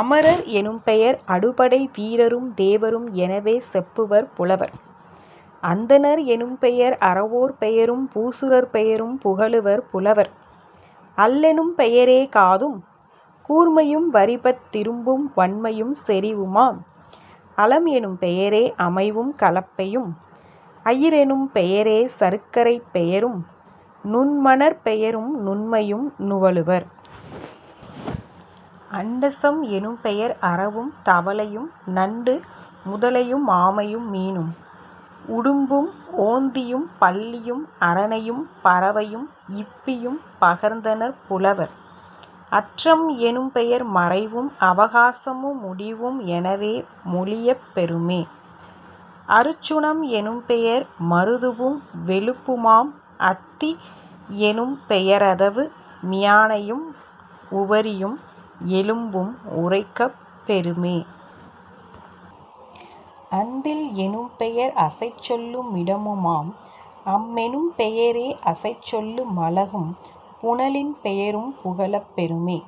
அமரர் எனும்பெயர் அடுபடை வீரரும் தேவரும் எனவே செப்புவர் புலவர்..... அந்தணர் எனும்பெயர் அறவோர் பெயரும் பூசுரர் பெயரும் புகலுவர் புலவர்..... அள்ளெனும் பெயரே காதும் கூர்மையும் வரிபத் திரும்பும் வன்மையும் செறிவுமாம்..... அலம்எனும் பெயரே அமைவும் கலப்பையும்..... அயிரெனும் பெயரே சருக்கரைப் பெயரும் நுண்மணற் பெயரும் நுண்மையும் நுவலுவர்..... அண்டசம் எனும்பெயர் அரவும் தவளையும் நண்டு முதலையு மாமையு மீனும் உடும்பும் ஓந்தியும் பல்லியும் அரணையும் பறவையும் இப்பியும் பகர்ந்தனர் புலவர்..... அற்றம் எனும்பெயர் மறைவும் அவகாசமு முடிவும் எனவே மொழியப் பெறுமே..... அருச்சுனம் எனும்பெயர் மருதுவும் வெளுப்புமாம்.... அத்தி யெனும்பெய ரதவு மியானையும் உவரியும் எலும்பும் உரைக்கப் பெறுமே..... அந்தில் எனும்பெயர் அசைச்சொல்லு மிடமுமாம்..... அம்மெனும் பெயரே அசைச்சொல்லு மழகும் புனலின் பெயரும் புகலப் பெறுமே.....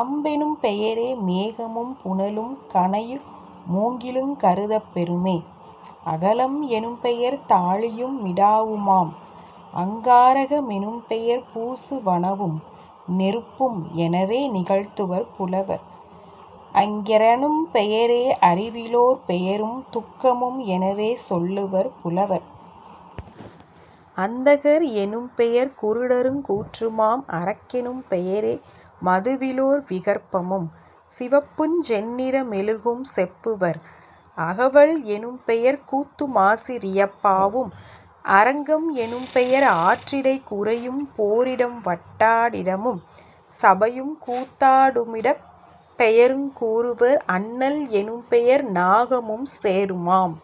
அம்பெனும் பெயரே மேகமும் புனலும் கணையு மூங்கிலுங் கருதப் பெறுமே..... அகளம் எனும்பெயர் தாழியும் மிடாவுமாம்..... அங்காரக மெனும்பெயர் பூசு வனவும் நெருப்பும் எனவே நிகழ்த்துவர் புலவர்..... அஞரெனும் பெயரே அறிவிலோர் பெயரும் துக்கமும் எனவே சொல்லுவர் புலவர்..... அந்தகர் எனும் பெயர் குருடருங் கூற்றுமாம்..... அரக்கெனும் பெயரே மதுவிலோர் விகற்பமும் சிவப்புஞ் சென்னிற மெழுகும் செப்புவர்..... அகவல் எனும்பெயர் கூத்துமாசி ரியப்பாவும்..... அரங்கம் எனும்பெயர் ஆற்றிடைக் குறையும் போரிடம் வட்டா டிடமும் சபையும் கூத்தா டுமிடப் பெயருங் கூறுவர்..... அன்னல் எனும்பெயர் நாகமும் சேறுமாம்.....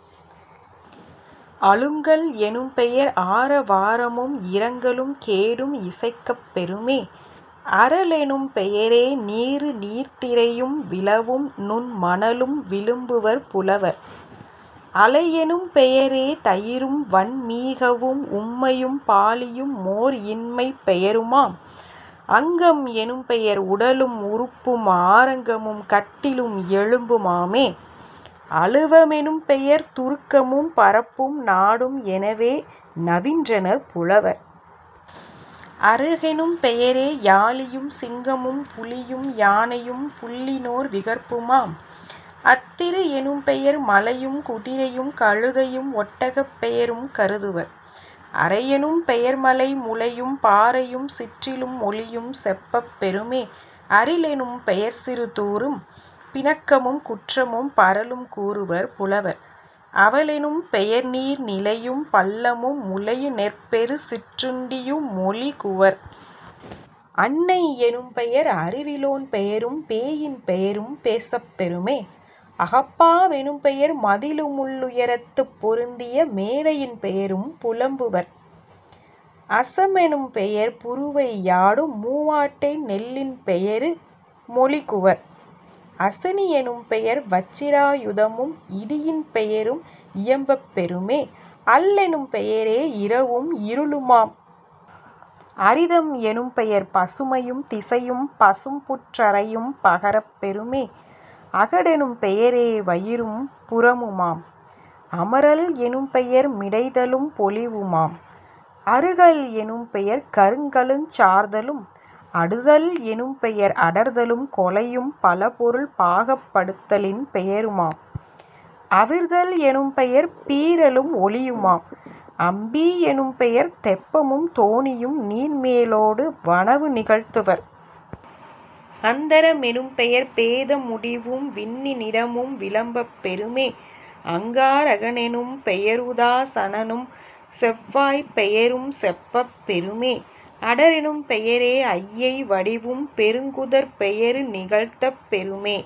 அழுங்கல் எனும்பெயர் ஆர வாரமும் இரங்கலும் கேடும் இசைக்கப் பெறுமே..... அறலெனும் பெயரே நீரு நீர்த்திரையும் விழவும் நுண்மணலும் விளம்புவர் புலவர்..... அளையெனும் பெயரே தயிரும் வன்மீகவும் உம்மையும் பாளியும் மோர்இன்மைப் பெயருமாம்..... அங்கம் எனும்பெயர் உடலும் உறுப்பும் ஆறங்கமும் கட்டிலும் எலும்பு மாமே..... அழுவ மெனும்பெயர் துருக்கமும் பரப்பும் நாடும் எனவே நவின்றனர் புலவர்.....। அறுகெனும் பெயரே யாளியும் சிங்கமும் புலியும் யானையும் புல்லினோர் விகற்புமாம்..... அத்திரி யெனும்பெயர் மலையும் குதிரையும் கழுதையும் ஒட்டகப் பெயரும் கருதுவர்..... அறையெனும் பெயர்மலை முழையும் பாறையும் சிற்றிலும் மொழியும் செப்பப் பெறுமே..... அரிலெனும் பெயர்சிறு தூறும் பிணக்கமும் குற்றமும் பரலும் கூறுவர் புலவர்..... அவலெனும் பெயர்நீர் நிலையும் பள்ளமும் முளையு நெற்பெறு சிற்றுண்டியு மொழிகுவர்..... அண்ணை யெனும்பெயர் அறிவிலோன் பெயரும் பேயின் பெயரும் பேசப் பெறுமே..... அகப்பா வெனும்பெயர் மதிளுமுள் ளுயரத்துப் பொருந்திய மேடையின் பெயரும் புலம்புவர்..... அசமெ னும்பெயர் புருவை யாடும் மூவாட்டை நெல்லின் பெயரு மொழிகுவர்..... அசனி யெனும்பெயர் வச்சிரா யுதமும் இடியின் பெயரும் இயம்பப் பெறுமே..... அல்லெனும் பெயரே இரவும் இருளுமாம்..... அரிதம் எனும்பெயர் பசுமையும் திசையும் பசும்புற் றரையும் பகரப் பெறுமே..... அகடெனும் பெயரே வயிறும் புறமுமாம்..... அமரல் எனும்பெயர் மிடைதலும் பொலிவுமாம்..... அருகல் எனும்பெயர் கருங்கலுஞ் சார்தலும்..... அடுதல் எனும்பெயர் அடர்தலும் கொலையும் பலபொருள் பாகப் படுத்தலின் பெயருமாம்..... அவிர்தல் எனும்பெயர் பீறலும் ஒளியுமாம்..... அம்பி யெனும்பெயர் தெப்பமும் தோணியும் நீர்மே லோடு வனவு நிகழ்த்துவர்..... அந்தர மெனும்பெயர் பேத முடிவும் விண்ணி னிடமும் விளம்பப் பெறுமே..... அங்கா ரகனெனும் பெயருதா சனனும் செவ்வாய்ப் பெயரும் செப்பப் பெறுமே..... அடரெனும் பெயரே ஐமை வடிவும் நெருங்குதற் பெயரு நிகழ்த்தப் பெறுமே.